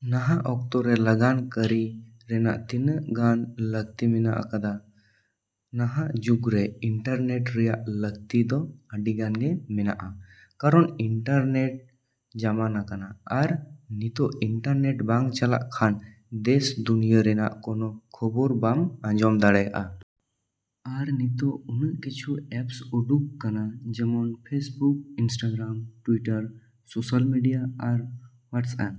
ᱱᱟᱦᱟᱜ ᱚᱠᱛᱚᱨᱮ ᱞᱟᱜᱟᱱ ᱠᱟᱹᱨᱤ ᱨᱮᱱᱟᱜ ᱛᱤᱱᱟᱹᱜ ᱜᱟᱱ ᱞᱟᱹᱠᱛᱤ ᱢᱮᱱᱟᱜ ᱠᱟᱫᱟ? ᱱᱟᱦᱟᱜ ᱡᱩᱜᱽᱨᱮ ᱤᱱᱴᱟᱨᱱᱮᱴ ᱨᱮᱭᱟᱜ ᱞᱟᱹᱠᱛᱤ ᱫᱚ ᱟᱹᱰᱤᱜᱟᱱ ᱜᱮ ᱢᱮᱱᱟᱜᱼᱟ ᱠᱟᱨᱚᱱ ᱤᱱᱴᱟᱨᱱᱮᱴ ᱡᱟᱢᱟᱱᱟ ᱠᱟᱱᱟ ᱟᱨ ᱱᱤᱛᱚᱜ ᱤᱱᱴᱟᱨᱱᱮᱴ ᱵᱟᱝ ᱪᱟᱞᱟᱜ ᱠᱷᱟᱱ ᱫᱮᱥ ᱫᱩᱱᱭᱟᱹ ᱨᱮᱱᱟᱜ ᱠᱳᱱᱳ ᱠᱷᱚᱵᱚᱨ ᱵᱟᱢ ᱟᱸᱡᱚᱢ ᱫᱟᱲᱮᱭᱟᱜᱼᱟ᱾ ᱟᱨ ᱱᱤᱛᱚᱜ ᱩᱱᱟᱹᱜ ᱠᱤᱪᱷᱩ ᱮᱯᱥ ᱩᱰᱩᱠ ᱠᱟᱱᱟ ᱡᱮᱢᱚᱱ Facebook, Instagram, Twitter, social media ᱟᱨ ᱦᱳᱣᱟᱴᱥᱮᱯ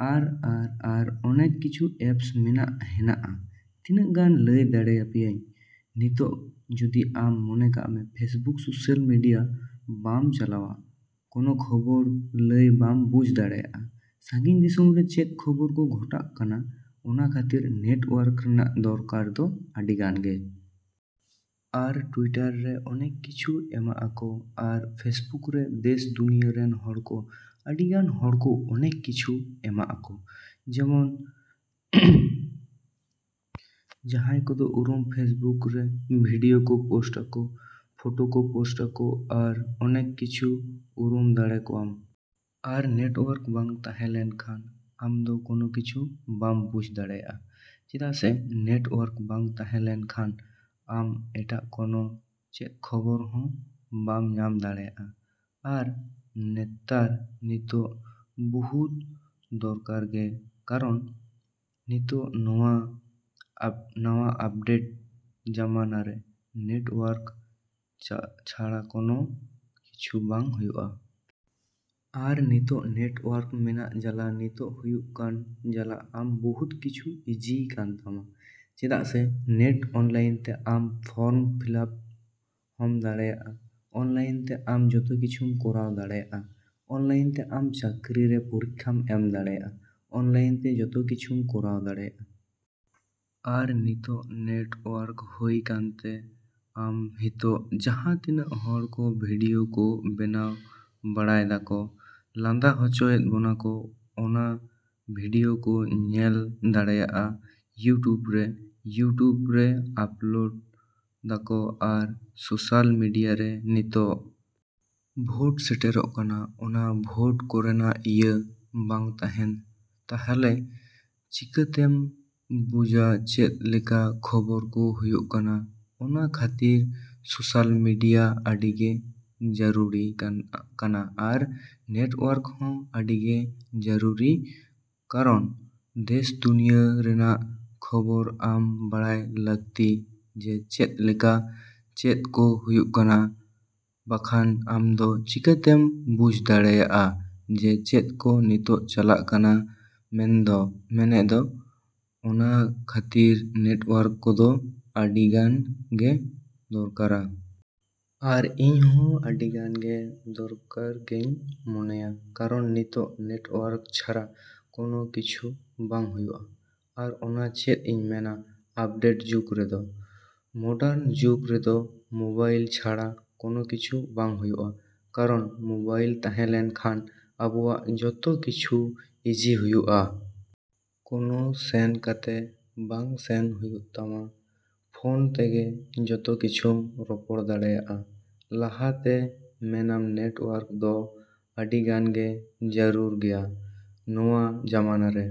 ᱟᱨ ᱟᱨ ᱟᱨ ᱚᱱᱮᱠ ᱠᱤᱪᱷᱩ ᱮᱯᱥ ᱢᱮᱱᱟᱜ ᱦᱮᱱᱟᱜᱼᱟ ᱛᱤᱱᱟᱹᱜ ᱜᱟᱱ ᱞᱟᱹᱭ ᱫᱟᱲᱮᱭᱟ ᱯᱮᱭᱟᱹᱧ᱾ ᱱᱤᱛᱚᱜ ᱡᱩᱫᱤ ᱟᱢ ᱢᱚᱱᱮ ᱠᱟᱜ ᱢᱮ ᱯᱷᱮᱥᱵᱩᱠ ᱥᱳᱥᱟᱞ ᱢᱮᱰᱤᱭᱟ ᱵᱟᱢ ᱪᱟᱞᱟᱣᱟ ᱟᱨ ᱠᱳᱱᱳ ᱠᱷᱚᱵᱚᱨ ᱞᱟᱹᱭ ᱵᱟᱢ ᱵᱩᱡᱽ ᱫᱟᱲᱮᱭᱟᱜᱼᱟ ᱥᱟᱺᱜᱤᱧ ᱫᱤᱥᱚᱢ ᱨᱮ ᱪᱮᱫ ᱠᱷᱚᱵᱚᱨ ᱠᱚ ᱜᱷᱚᱴᱟᱜ ᱠᱟᱱᱟ ᱚᱱᱟ ᱠᱷᱟᱹᱛᱤᱨ ᱱᱮᱴᱣᱟᱨᱠ ᱨᱮᱱᱟᱜ ᱫᱚᱨᱠᱟᱨ ᱫᱚ ᱟᱹᱰᱤᱜᱟᱱ ᱜᱮ᱾ ᱟᱨ ᱴᱩᱣᱤᱴᱟᱨ ᱨᱮ ᱚᱱᱮᱠ ᱠᱤᱪᱷᱩ ᱮᱢᱟᱜ ᱟᱠᱚ ᱟᱨ ᱯᱷᱮᱥᱵᱩᱠ ᱨᱮ ᱫᱮᱥ ᱫᱩᱱᱤᱭᱟᱹ ᱨᱮᱱ ᱦᱚᱲᱠᱚ ᱟᱹᱰᱤᱜᱟᱱ ᱦᱚᱲᱠᱚ ᱚᱱᱮᱠ ᱠᱤᱪᱷᱩ ᱮᱢᱟᱜ ᱟᱠᱚ ᱡᱮᱢᱚᱱ ᱡᱟᱦᱟᱸᱭ ᱠᱚᱫᱚ ᱩᱨᱩᱢ ᱯᱷᱮᱥᱵᱩᱠ ᱨᱮ ᱵᱷᱤᱰᱤᱭᱳ ᱠᱚ ᱯᱳᱥᱴ ᱟᱠᱚ, ᱯᱷᱳᱴᱚ ᱠᱚ ᱯᱳᱥᱴ ᱟᱠᱚ ᱟᱨ ᱚᱱᱮᱠ ᱠᱤᱪᱷᱩ ᱩᱨᱩᱢ ᱫᱟᱲᱮ ᱠᱚᱣᱟᱢ᱾ ᱟᱨ ᱱᱮᱴᱣᱟᱨᱠ ᱵᱟᱝ ᱛᱟᱦᱮᱸ ᱞᱮᱱᱠᱷᱟᱱ ᱟᱢᱫᱚ ᱠᱳᱱᱳ ᱠᱤᱪᱷᱩ ᱵᱟᱢ ᱵᱩᱡᱽ ᱫᱟᱲᱮᱭᱟᱜᱼᱟ ᱪᱮᱫᱟᱜ ᱥᱮ ᱱᱮᱴᱣᱟᱨᱠ ᱵᱟᱝ ᱛᱟᱦᱮᱸ ᱞᱮᱱᱠᱷᱟᱱ ᱟᱢ ᱮᱴᱟᱜ ᱠᱚᱱᱚ ᱪᱮᱫ ᱠᱷᱚᱵᱚᱨ ᱦᱚᱸ ᱵᱟᱢ ᱧᱟᱢ ᱫᱟᱲᱮᱭᱟᱜᱼᱟ᱾ ᱟᱨ ᱱᱮᱛᱟᱨ ᱱᱤᱛᱳᱜ ᱵᱚᱦᱩᱫ ᱫᱚᱨᱠᱟᱨ ᱜᱮ ᱠᱟᱨᱚᱱ ᱱᱤᱛᱚᱜ ᱱᱚᱣᱟ ᱟᱯᱰᱮᱴ ᱡᱟᱢᱟᱱᱟᱨᱮ ᱱᱮᱴᱣᱟᱨᱠ ᱪᱷᱟᱲᱟ ᱠᱳᱱᱳ ᱠᱤᱪᱷᱩ ᱵᱟᱝ ᱦᱩᱭᱩᱜᱼᱟ᱾ ᱟᱨ ᱱᱤᱛᱚᱜ ᱱᱮᱴᱣᱟᱨᱠ ᱢᱮᱱᱟᱜ ᱡᱟᱞᱟ ᱱᱤᱛᱚᱜ ᱦᱩᱭᱩᱜ ᱠᱟᱱ ᱡᱟᱞᱟ ᱟᱢ ᱵᱩᱦᱩᱫ ᱠᱤᱪᱷᱩ ᱤᱡᱤᱭ ᱠᱟᱱ ᱛᱟᱢᱟ ᱪᱮᱫᱟᱜ ᱥᱮ ᱱᱮᱴ ᱚᱱᱞᱟᱭᱤᱱ ᱛᱮ ᱟᱢ ᱯᱷᱚᱨᱢ ᱯᱷᱤᱞᱟᱯ ᱦᱚᱸᱢ ᱫᱟᱲᱮᱜᱼᱟ, ᱚᱱᱞᱟᱭᱤᱱ ᱛᱮ ᱟᱢ ᱡᱚᱛᱚ ᱠᱤᱪᱷᱩᱢ ᱠᱚᱨᱟᱣ ᱫᱟᱲᱮᱭᱟᱜᱼᱟ, ᱚᱱᱞᱟᱭᱤᱱ ᱛᱮ ᱟᱢ ᱪᱟᱹᱠᱨᱤ ᱨᱮ ᱯᱚᱨᱤᱠᱠᱷᱟᱢ ᱮᱢ ᱫᱟᱲᱮᱭᱟᱜᱼᱟ, ᱚᱱᱞᱟᱭᱤᱱ ᱛᱮ ᱡᱚᱛᱚ ᱠᱤᱪᱷᱩᱢ ᱠᱚᱨᱟᱣ ᱫᱟᱲᱮᱭᱟᱜᱼᱟ᱾ ᱟᱨ ᱱᱤᱛᱚᱜ ᱱᱮᱴᱣᱟᱨᱠ ᱦᱩᱭ ᱠᱟᱱᱛᱮ ᱟᱢ ᱦᱤᱛᱚᱜ ᱡᱟᱦᱟᱸ ᱛᱤᱱᱟᱹᱜ ᱦᱚᱲᱠᱚ ᱵᱷᱤᱰᱤᱭᱳ ᱠᱚ ᱵᱮᱱᱟᱣ ᱵᱟᱲᱟᱭᱫᱟᱠᱚ ᱞᱟᱸᱫᱟ ᱦᱚᱪᱚᱭᱮᱜ ᱵᱚᱱᱟ ᱠᱚ ᱚᱱᱟ ᱵᱷᱤᱰᱤᱭᱳ ᱠᱚ ᱧᱮᱞ ᱫᱟᱲᱮᱭᱟᱜᱼᱟ ᱤᱭᱩᱴᱩᱵᱽ ᱨᱮ, ᱤᱭᱩᱴᱩᱵᱽ ᱨᱮ ᱟᱯᱞᱳᱰ ᱫᱟᱠᱚ ᱟᱨ ᱥᱳᱥᱟᱞ ᱢᱮᱰᱤᱭᱟᱨᱮ᱾ ᱱᱤᱛᱚᱜ ᱵᱷᱳᱴ ᱥᱮᱴᱮᱨᱚᱜ ᱠᱟᱱᱟ ᱚᱱᱟ ᱵᱷᱳᱴ ᱠᱚᱨᱮᱱᱟᱜ ᱤᱭᱟᱹ ᱵᱟᱝ ᱛᱟᱦᱮᱱ ᱛᱟᱦᱚᱞᱮ ᱪᱤᱠᱟᱹᱛᱮᱢ ᱵᱩᱡᱟ ᱪᱮᱫ ᱞᱮᱠᱟ ᱠᱷᱚᱵᱚᱨ ᱠᱚ ᱦᱩᱭᱩᱜ ᱠᱟᱱᱟ ᱚᱱᱟ ᱠᱷᱟᱹᱛᱤᱨ ᱥᱳᱥᱟᱞ ᱢᱮᱰᱤᱭᱟ ᱟᱹᱰᱤᱜᱮ ᱡᱟᱹᱨᱩᱲᱤ ᱠᱟᱱᱟ ᱟᱨ ᱱᱮᱴᱣᱟᱨᱠ ᱦᱚᱸ ᱟᱹᱰᱤᱜᱮ ᱡᱟᱨᱩᱨᱤ ᱠᱟᱨᱚᱱ ᱫᱮᱥ ᱫᱩᱱᱤᱭᱟᱹ ᱨᱮᱱᱟᱜ ᱠᱷᱚᱵᱚᱨ ᱟᱢ ᱵᱟᱲᱟᱭ ᱞᱟᱹᱠᱛᱤ ᱡᱮ ᱪᱮᱫ ᱞᱮᱠᱟ ᱪᱮᱫ ᱠᱚ ᱦᱩᱭᱩᱜ ᱠᱟᱱᱟ ᱵᱟᱠᱷᱟᱱ ᱟᱢᱫᱚ ᱪᱤᱠᱟ ᱛᱮᱢ ᱵᱩᱡᱽ ᱫᱟᱲᱮᱭᱟᱜᱼᱟ ᱡᱮ ᱪᱮᱫ ᱠᱚ ᱱᱤᱛᱚᱜ ᱪᱟᱞᱟᱜ ᱠᱟᱱᱟ ᱢᱮᱱ ᱮᱫᱚ ᱚᱱᱟ ᱠᱷᱟᱹᱛᱤᱨ ᱱᱮᱴᱣᱟᱨᱠ ᱠᱚᱫᱚ ᱟᱹᱰᱤᱜᱟᱱ ᱜᱮ ᱫᱚᱨᱠᱟᱨᱟ᱾ ᱟᱨ ᱤᱧ ᱦᱚᱸ ᱟᱹᱰᱤᱜᱟᱱ ᱜᱮ ᱫᱚᱨᱠᱟᱨ ᱜᱮᱧ ᱢᱚᱱᱮᱭᱟ ᱠᱟᱨᱚᱱ ᱱᱤᱛᱚᱜ ᱱᱮᱴᱣᱟᱨᱠ ᱪᱷᱟᱨᱟ ᱠᱳᱱᱳ ᱠᱤᱪᱷᱩ ᱵᱟᱝ ᱦᱩᱭᱩᱜᱼᱟ᱾ ᱟᱨ ᱚᱱᱟ ᱪᱮᱫ ᱤᱧ ᱢᱮᱱᱟ ᱟᱯᱰᱮᱴ ᱡᱩᱜᱽ ᱨᱮᱫᱚ, ᱢᱚᱰᱟᱨᱱ ᱡᱩᱜᱽ ᱨᱮᱫᱚ ᱢᱳᱵᱟᱭᱤᱞ ᱪᱷᱟᱲᱟ ᱠᱳᱱᱳ ᱠᱤᱪᱷᱩ ᱵᱟᱝ ᱦᱩᱭᱩᱜᱼᱟ ᱠᱟᱨᱚᱱ ᱢᱳᱵᱟᱭᱤᱞ ᱛᱟᱦᱮᱸ ᱞᱮᱱᱠᱷᱟᱱ ᱟᱵᱚᱣᱟᱜ ᱡᱚᱛᱚ ᱠᱤᱪᱷᱩ ᱤᱡᱤ ᱦᱩᱭᱩᱜᱼᱟ᱾ ᱠᱳᱱᱳ ᱥᱮᱱ ᱠᱟᱛᱮ ᱵᱟᱝ ᱥᱮᱱ ᱦᱩᱭᱩᱜ ᱛᱟᱢᱟ ᱯᱷᱳᱱ ᱛᱮᱜᱮ ᱡᱚᱛᱚ ᱠᱤᱪᱷᱩᱢ ᱨᱚᱯᱚᱲ ᱫᱟᱲᱮᱜᱼᱟ᱾ ᱞᱟᱦᱟᱛᱮ ᱢᱮᱱᱟᱢ ᱱᱮᱴᱣᱟᱨᱠ ᱫᱚ ᱟᱹᱰᱤᱜᱟᱱᱜᱮ ᱡᱟᱹᱨᱩᱨ ᱜᱮᱭᱟ ᱱᱚᱣᱟ ᱡᱟᱢᱟᱱᱟᱨᱮ᱾।